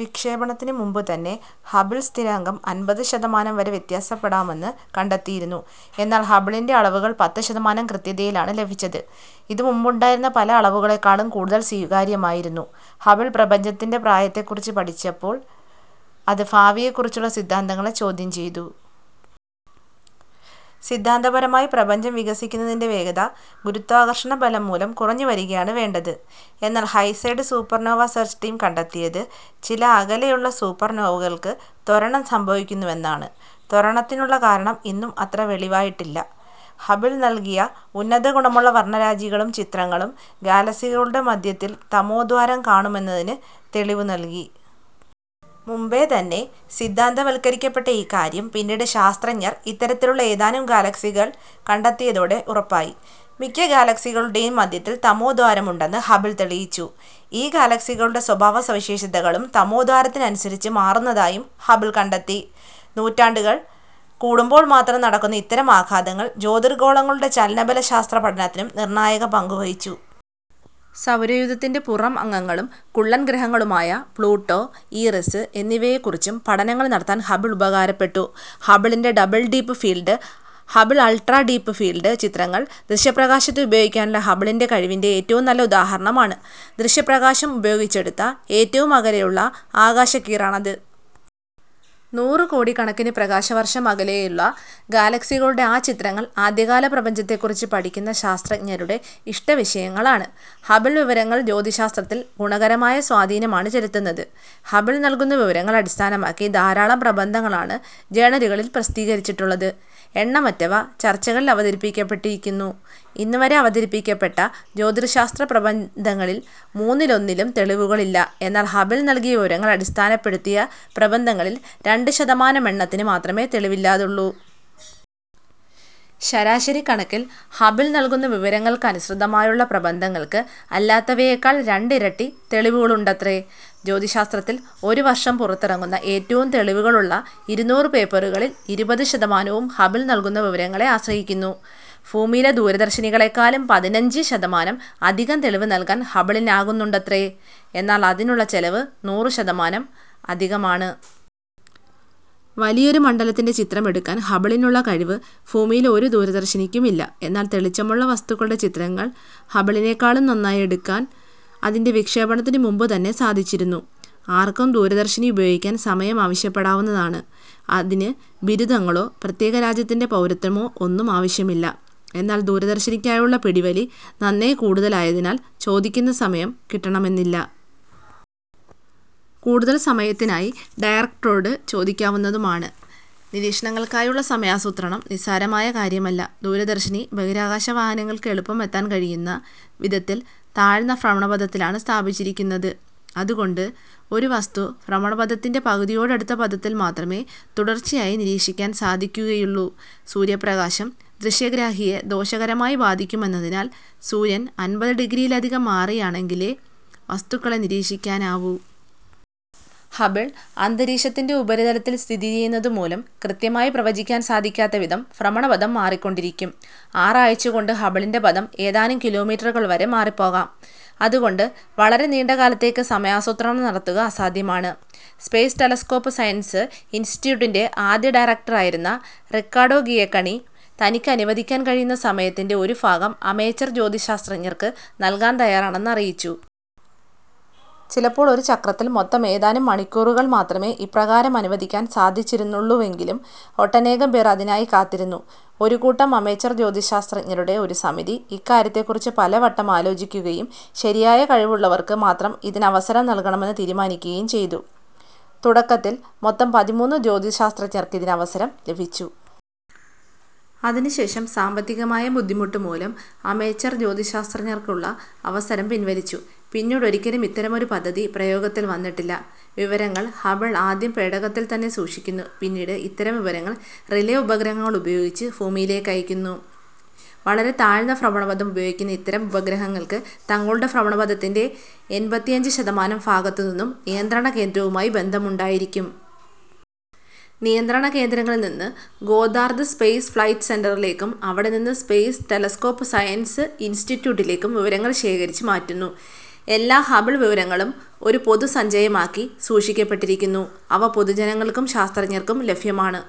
വിക്ഷേപണത്തിനു മുമ്പു തന്നെ ഹബിൾ സ്ഥിരാങ്കം അൻപത് ശതമാനം വരെ വ്യത്യാസപ്പെടാമെന്ന് കണ്ടെത്തിയിരുന്നു, എന്നാൽ ഹബിളിൻ്റെ അളവുകൾ പത്ത് ശതമാനം കൃത്യതയിലാണ് ലഭിച്ചത്. ഇത് മുമ്പുണ്ടായിരുന്ന പല അളവുകളെക്കാളും കൂടുതൽ സ്വീകാര്യമായിരുന്നു. ഹബിൾ പ്രപഞ്ചത്തിൻ്റെ പ്രായത്തെ കുറിച്ച് പഠിച്ചപ്പോൾ അത് ഭാവിയെ കുറിച്ചുള്ള സിദ്ധാന്തങ്ങളെ ചോദ്യം ചെയ്തു. സിദ്ധാന്തപരമായി പ്രപഞ്ചം വികസിക്കുന്നതിൻ്റെ വേഗത ഗുരുത്വാകർഷണ ബലം മൂലം കുറഞ്ഞു വരികയാണ് വേണ്ടത്. എന്നാൽ ഹൈ-സെഡ് സൂപ്പർനോവ സേർച്ച് ടീം കണ്ടെത്തിയത് ചില അകലെയുള്ള സൂപ്പർനോവകൾക്ക് ത്വരണം സംഭവിക്കുന്നുവെന്നാണ്. ത്വരണത്തിനുള്ള കാരണം ഇന്നും അത്ര വെളിവായിട്ടില്ല. ഹബിൾ നൽകിയ ഉന്നത ഗുണമുള്ള വർണ്ണരാജികളും ചിത്രങ്ങളും ഗാലക്സികളുടെ മധ്യത്തിൽ തമോദ്വാരം കാണുമെന്നതിന് തെളിവു നൽകി. മുൻപേ തന്നെ സിദ്ധാന്തവത്കരിക്കപ്പെട്ട ഈ കാര്യം പിന്നീട് ശാസ്ത്രജ്ഞർ ഇത്തരത്തിലുള്ള ഏതാനും ഗാലക്സികൾ കണ്ടെത്തിയതോടെ ഉറപ്പായി. മിക്ക ഗാലക്സികളുടേയും മദ്ധ്യത്തിൽ തമോദ്വാരം ഉണ്ടെന്ന് ഹബിൾ തെളിയിച്ചു. ഈ ഗാലക്സികളുടെ സ്വഭാവ സവിശേഷതകളും തമോദ്വാരത്തിനനുസരിച്ച് മാറുന്നതായും ഹബിൾ കണ്ടെത്തി. നൂറ്റാണ്ടുകൾ കൂടുമ്പോൾ മാത്രം നടക്കുന്ന ഇത്തരം ആഘാതങ്ങൾ ജ്യോതിർഗോളങ്ങളുടെ ചലനബലശാസ്ത്ര പഠനത്തിലും നിർണ്ണായക പങ്കു വഹിച്ചു. സൗരയൂഥത്തിൻ്റെ പുറം അംഗങ്ങളും കുള്ളൻ ഗ്രഹങ്ങളുമായ പ്ലൂട്ടോ, ഈറിസ് എന്നിവയെ കുറിച്ചും പഠനങ്ങൾ നടത്താൻ ഹബിൾ ഉപകാരപ്പെട്ടു. ഹബിളിൻ്റെ Hubble deep field, Hubble ultra deep field ചിത്രങ്ങൾ, ദൃശ്യപ്രകാശത്തെ ഉപയോഗിക്കാനുള്ള ഹബിളിൻ്റെ കഴിവിൻ്റെ ഏറ്റവും നല്ല ഉദാഹരണമാണ്. ദൃശ്യപ്രകാശം ഉപയോഗിച്ചെടുത്ത ഏറ്റവും അകലെയുള്ള ആകാശക്കീറാണത്. നൂറുകോടിക്കണക്കിന് പ്രകാശവർഷം അകലെയുള്ള ഗാലക്സികളുടെ ആ ചിത്രങ്ങൾ ആദ്യകാല പ്രപഞ്ചത്തെക്കുറിച്ച് പഠിക്കുന്ന ശാസ്ത്രജ്ഞരുടെ ഇഷ്ടവിഷയങ്ങളാണ്. ഹബിൾ വിവരങ്ങൾ ജ്യോതിശാസ്ത്രത്തിൽ ഗുണകരമായ സ്വാധീനമാണ് ചെലുത്തുന്നത്. ഹബിൾ നൽകുന്ന വിവരങ്ങൾ അടിസ്ഥാനമാക്കി ധാരാളം പ്രബന്ധങ്ങളാണ് ജേണലുകളിൽ പ്രസിദ്ധീകരിച്ചിട്ടുള്ളത്, എണ്ണമറ്റവ ചർച്ചകളിൽ അവതരിപ്പിക്കപ്പെട്ടിരിക്കുന്നു. ഇന്നുവരെ അവതരിപ്പിക്കപ്പെട്ട ജ്യോതിശാസ്ത്രപ്രബന്ധങ്ങളിൽ മൂന്നിലൊന്നിനും തെളിവുകളില്ല, എന്നാൽ ഹബിൾ നൽകിയ വിവരങ്ങൾ അടിസ്ഥാനപ്പെടുത്തിയ പ്രബന്ധങ്ങളിൽ രണ്ട് ശതമാനം എണ്ണത്തിന് മാത്രമേ തെളിവില്ലാതുള്ളൂ. ശരാശരിക്കണക്കിൽ ഹബിൾ നൽകുന്ന വിവരങ്ങൾക്കനുസൃതമായുള്ള പ്രബന്ധങ്ങൾക്ക് അല്ലാത്തവയേക്കാൾ രണ്ടിരട്ടി തെളിവുകളുണ്ടത്രേ. ജ്യോതിശാസ്ത്രത്തിൽ ഒരു വർഷം പുറത്തിറങ്ങുന്ന ഏറ്റവും തെളിവുകളുള്ള ഇരുനൂറ് പേപ്പറുകളിൽ ഇരുപത് ശതമാനവും ഹബിൾ നൽകുന്ന വിവരങ്ങളെ ആശ്രയിക്കുന്നു. ഭൂമിയിലെ ദൂരദർശിനികളേക്കാളും പതിനഞ്ച് ശതമാനം അധികം തെളിവ് നൽകാൻ ഹബിളിനാകുന്നുണ്ടത്രേ, എന്നാൽ അതിനുള്ള ചെലവ് നൂറ് ശതമാനം അധികമാണ്. വലിയൊരു മണ്ഡലത്തിൻ്റെ ചിത്രം എടുക്കാൻ ഹബിളിനുള്ള കഴിവ് ഭൂമിയിലെ ഒരു ദൂരദർശിനിക്കുമില്ല. എന്നാൽ തെളിച്ചമുള്ള വസ്തുക്കളുടെ ചിത്രങ്ങൾ ഹബിളിനേക്കാളും നന്നായെടുക്കാൻ അതിൻ്റെ വിക്ഷേപണത്തിനു മുമ്പുതന്നെ സാധിച്ചിരുന്നു. ആർക്കും ദൂരദർശിനി ഉപയോഗിക്കാൻ സമയം ആവശ്യപ്പെടാവുന്നതാണ്, അതിന് ബിരുദങ്ങളോ, പ്രത്യേക രാജ്യത്തിൻ്റെ പൗരത്വമോ ഒന്നും ആവശ്യമില്ല. എന്നാൽ ദൂരദർശിനിക്കായുള്ള പിടിവലി നന്നേ കൂടുതലായതിനാൽ ചോദിക്കുന്ന സമയം കിട്ടണമെന്നില്ല. കൂടുതൽ സമയത്തിനായി ഡയറക്ടറോട് ചോദിക്കാവുന്നതുമാണ്. നിരീക്ഷണങ്ങൾക്കായുള്ള സമയാസൂത്രണം നിസ്സാരമായ കാര്യമല്ല, ദൂരദർശിനി ബഹിരാകാശ വാഹനങ്ങൾക്ക് എളുപ്പം എത്താൻ കഴിയുന്ന വിധത്തിൽ താഴ്ന്ന ഭ്രമണപഥത്തിലാണ് സ്ഥാപിച്ചിരിക്കുന്നത്. അതുകൊണ്ട് ഒരു വസ്തു ഭ്രമണപഥത്തിൻ്റെ പകുതിയോടടുത്ത പഥത്തിൽ മാത്രമേ തുടർച്ചയായി നിരീക്ഷിക്കാൻ സാധിക്കുകയുള്ളൂ. സൂര്യപ്രകാശം ദൃശ്യഗ്രാഹിയെ ദോഷകരമായി ബാധിക്കുമെന്നതിനാൽ സൂര്യൻ അൻപത് ഡിഗ്രിയിലധികം മാറിയാണെങ്കിലേ വസ്തുക്കളെ നിരീക്ഷിക്കാനാവൂ. ഹബിൾ അന്തരീക്ഷത്തിൻ്റെ ഉപരിതലത്തിൽ സ്ഥിതി ചെയ്യുന്നതു മൂലം കൃത്യമായി പ്രവചിക്കാൻ സാധിക്കാത്ത വിധം ഭ്രമണപഥം മാറിക്കൊണ്ടിരിക്കും. ആറാഴ്ചകൊണ്ട് ഹബിളിൻ്റെ പഥം ഏതാനും കിലോമീറ്ററുകൾ വരെ മാറിപ്പോവാം, അതുകൊണ്ട് വളരെ നീണ്ടകാലത്തേക്ക് സമയാസൂത്രണം നടത്തുക അസാധ്യമാണ്. സ്പേസ് ടെലസ്കോപ് സയൻസ് ഇൻസ്റ്റിറ്റ്യൂട്ടിൻ്റെ ആദ്യ ഡയറക്ടറായിരുന്ന റിക്കാഡോ ഗിയക്കണി തനിക്ക് അനുവദിക്കാൻ കഴിയുന്ന സമയത്തിൻ്റെ ഒരു ഭാഗം അമേച്ചർ ജ്യോതിശാസ്ത്രജ്ഞർക്ക് നൽകാൻ തയ്യാറാണെന്ന് അറിയിച്ചു. ചിലപ്പോൾ ഒരു ചക്രത്തിൽ മൊത്തം ഏതാനും മണിക്കൂറുകൾ മാത്രമേ ഇപ്രകാരം അനുവദിക്കാൻ സാധിച്ചിരുന്നുള്ളൂവെങ്കിലും ഒട്ടനേകംപേർ അതിനായി കാത്തിരുന്നു. ഒരു കൂട്ടം അമേച്ചർ ജ്യോതിശാസ്ത്രജ്ഞരുടെ ഒരു സമിതി ഇക്കാര്യത്തെ കുറിച്ച് പലവട്ടം ആലോചിക്കുകയും ശരിയായ കഴിവുള്ളവർക്ക് മാത്രം ഇതിനവസരം നൽകണമെന്ന് തീരുമാനിക്കുകയും ചെയ്തു. തുടക്കത്തിൽ മൊത്തം പതിമൂന്ന് ജ്യോതിശാസ്ത്രജ്ഞർക്കിതിന് അവസരം ലഭിച്ചു. അതിനുശേഷം സാമ്പത്തികമായ ബുദ്ധിമുട്ടുമൂലം അമേച്ചർ ജ്യോതിശാസ്ത്രജ്ഞർക്കുള്ള അവസരം പിൻവലിച്ചു, പിന്നീടൊരിക്കലും ഇത്തരമൊരു പദ്ധതി പ്രയോഗത്തിൽ വന്നിട്ടില്ല. വിവരങ്ങൾ ഹബിൾ ആദ്യം പേടകത്തിൽ തന്നെ സൂക്ഷിക്കുന്നു. പിന്നീട് ഇത്തരം വിവരങ്ങൾ റിലേ ഉപഗ്രഹങ്ങൾ ഉപയോഗിച്ച് ഭൂമിയിലേക്കയക്കുന്നു. വളരെ താഴ്ന്ന ഭ്രമണപഥം ഉപയോഗിക്കുന്ന ഇത്തരം ഉപഗ്രഹങ്ങൾക്ക് തങ്ങളുടെ ഭ്രമണപഥത്തിൻ്റെ എൺപത്തിയഞ്ച് ശതമാനം ഭാഗത്തു നിന്നും നിയന്ത്രണകേന്ദ്രവുമായി ബന്ധമുണ്ടായിരിക്കും. നിയന്ത്രണകേന്ദ്രങ്ങളിൽ നിന്ന് ഗോദ്ദാർദ് സ്പേസ് ഫ്ലൈറ്റ് സെന്ററിലേക്കും അവിടേനിന്ന് സ്പേസ് ടെലസ്കോപ് സയൻസ് ഇൻസ്റ്റിറ്റ്യൂട്ടിലേക്കും വിവരങ്ങൾ ശേഖരിച്ച് മാറ്റുന്നു. എല്ലാ ഹബിൾ വിവരങ്ങളും ഒരു പൊതുസഞ്ചയമാക്കി സൂക്ഷിക്കപ്പെട്ടിരിക്കുന്നു, അവ പൊതുജനങ്ങൾക്കും ശാസ്ത്രജ്ഞർക്കും ലഭ്യമാണ്.